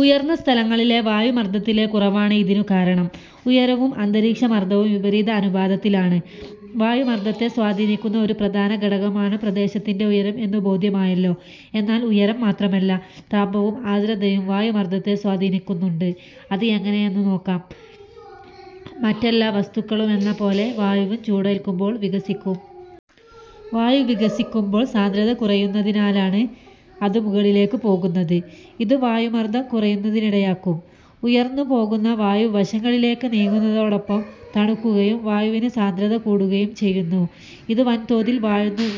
ഉയർന്ന സ്ഥലങ്ങളിലെ വായുമർദത്തിലെ കുറവാണ് ഇതിനുകാരണം. ഉയരവും അന്തരീക്ഷമർദവും വിപരീത അനുപാതത്തിലാണ്. വായുമർദത്തെ സ്വാധീനിക്കുന്ന ഒരു പ്രധാന ഘടകമാണ് പ്രദേശത്തിന്റെ ഉയരം എന്നു ബോധ്യമായല്ലോ. എന്നാൽ ഉയരം മാത്രമല്ല, താപവും ആർദ്രതയും വായുമർദത്തെ സ്വാധീനിക്കുന്നുണ്ട്. അത് എങ്ങനെയെന്നു നോക്കാം. മറ്റെല്ലാ വസ്തുക്കളുമെന്നപോലെ വായുവും ചൂടേൽക്കുമ്പോൾ വികസിക്കും. വായു വികസിക്കുമ്പോൾ സാന്ദ്രത കുറയുന്നതിനാൽ അത് മുകളിലേക്ക് പോകുന്നു. ഇത് വായുമർദം കുറയുന്നതിനിടയാക്കും. ഉയർന്നു പോകുന്ന വായു വശങ്ങളിലേക്ക് നീങ്ങുന്നതോടൊപ്പം തണുക്കുകയും വായുവിന് സാന്ദ്രത കൂടുകയും ചെയ്യുന്നു. ഇത് വൻതോതിൽ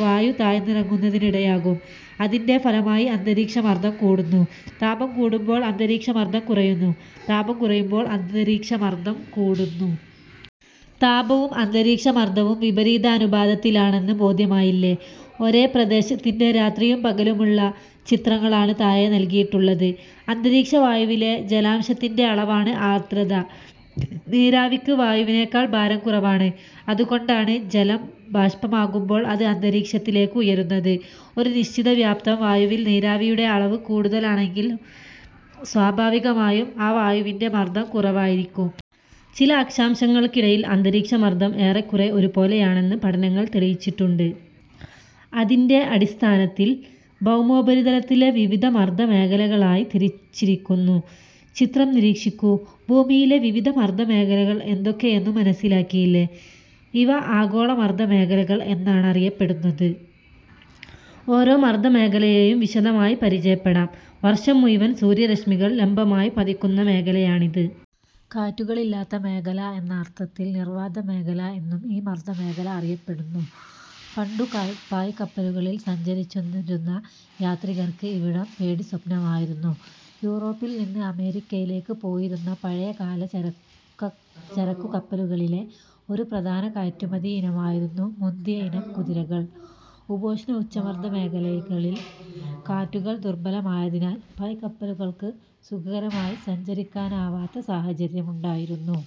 വായു താഴ്ന്നിറങ്ങുന്നതിനിടയാക്കും. അതിന്റെ ഫലമായി അന്തരീക്ഷമർദം കൂടുന്നു. താപം കൂടുമ്പോൾ അന്തരീക്ഷമർദം കുറയുന്നു. താപം കുറയുമ്പോൾ അന്തരീക്ഷമർദം കൂടുന്നു. താപവും അന്തരീക്ഷമർദവും വിപരീതാനുപാതത്തിലാണെന്ന് ബോധ്യമായില്ലേ. ഒരേ പ്രദേശത്തിന്റെ രാത്രിയും പകലുമുള്ള ചിത്രങ്ങളാണ് താഴെ നൽകിയിട്ടുള്ളത്. അന്തരീക്ഷവായുവിലെ ജലാംശത്തിന്റെ അളവാണ് ആർദ്രത. നീരാവിക്ക് വായുവിനെക്കാൾ ഭാരം കുറവാണ്. അതുകൊണ്ടാണ് ജലം ബാഷ്പമാകുമ്പോൾ അത് അന്തരീക്ഷത്തിലേക്ക് ഉയരുന്നത്. ഒരു നിശ്ചിത വ്യാപ്തം വായുവിൽ നീരാവിയുടെ അളവ് കൂടുതലാണെങ്കിൽ സ്വാഭാവികമായും ആ വായുവിന്റെ മർദം കുറവായിരിക്കും. ചില അക്ഷാംശങ്ങൾക്കിടയിൽ അന്തരീക്ഷ മർദം ഏറെക്കുറെ ഒരുപോലെയാണെന്ന് പഠനങ്ങൾ തെളിയിച്ചിട്ടുണ്ട്. അതിന്റെ അടിസ്ഥാനത്തിൽ ഭൗമോപരിതലത്തെ വിവിധ മർദമേഖലകളായി തിരിച്ചിരിക്കുന്നു. ചിത്രം നിരീക്ഷിക്കൂ. ഭൂമിയിലെ വിവിധ മർദമേഖലകൾ ഏതൊക്കെയെന്നു മനസിലാക്കിയില്ലേ. ഇവ ആഗോള മർദമേഖലകൾ എന്നാണറിയപ്പെടുന്നത്. ഓരോ മർദമേഖലയെയും വിശദമായി പരിചയപ്പെടാം. വർഷം മുഴുവൻ സൂര്യരശ്മികൾ ലംബമായി പതിക്കുന്ന മേഖലയാണിത്. കാറ്റുകളില്ലാത്ത മേഖല എന്ന അർഥത്തിൽ "നിർവാതമേഖല' എന്നും ഈ മർദ മേഖല അറിയപ്പെടുന്നു. പണ്ടു പായ്ക്കപ്പലുകളിൽ സഞ്ചരിച്ചിരുന്ന യാത്രികർക്ക് ഇവിടം പേടിസ്വപ്നമായിരുന്നു. യൂറോപ്പിൽ നിന്ന് അമേരിക്കയിലേക്ക് പോയിരുന്ന പഴയകാല ചരക്കുകപ്പലുകളിലെ ഒരു പ്രധാന കയറ്റുമതി ഇനമായിരുന്നു മുന്തിയ ഇനം കുതിരകൾ. ഉപോഷ്ണ ഉച്ചമർദമേഖലയിൽ കാറ്റുകൾ ദുർബലമായതിനാൽ പായ്ക്കപ്പലുകൾക്ക് സുഗമമായി സഞ്ചരിക്കാനാവാത്ത സാഹചര്യമുണ്ടായിരുന്നു.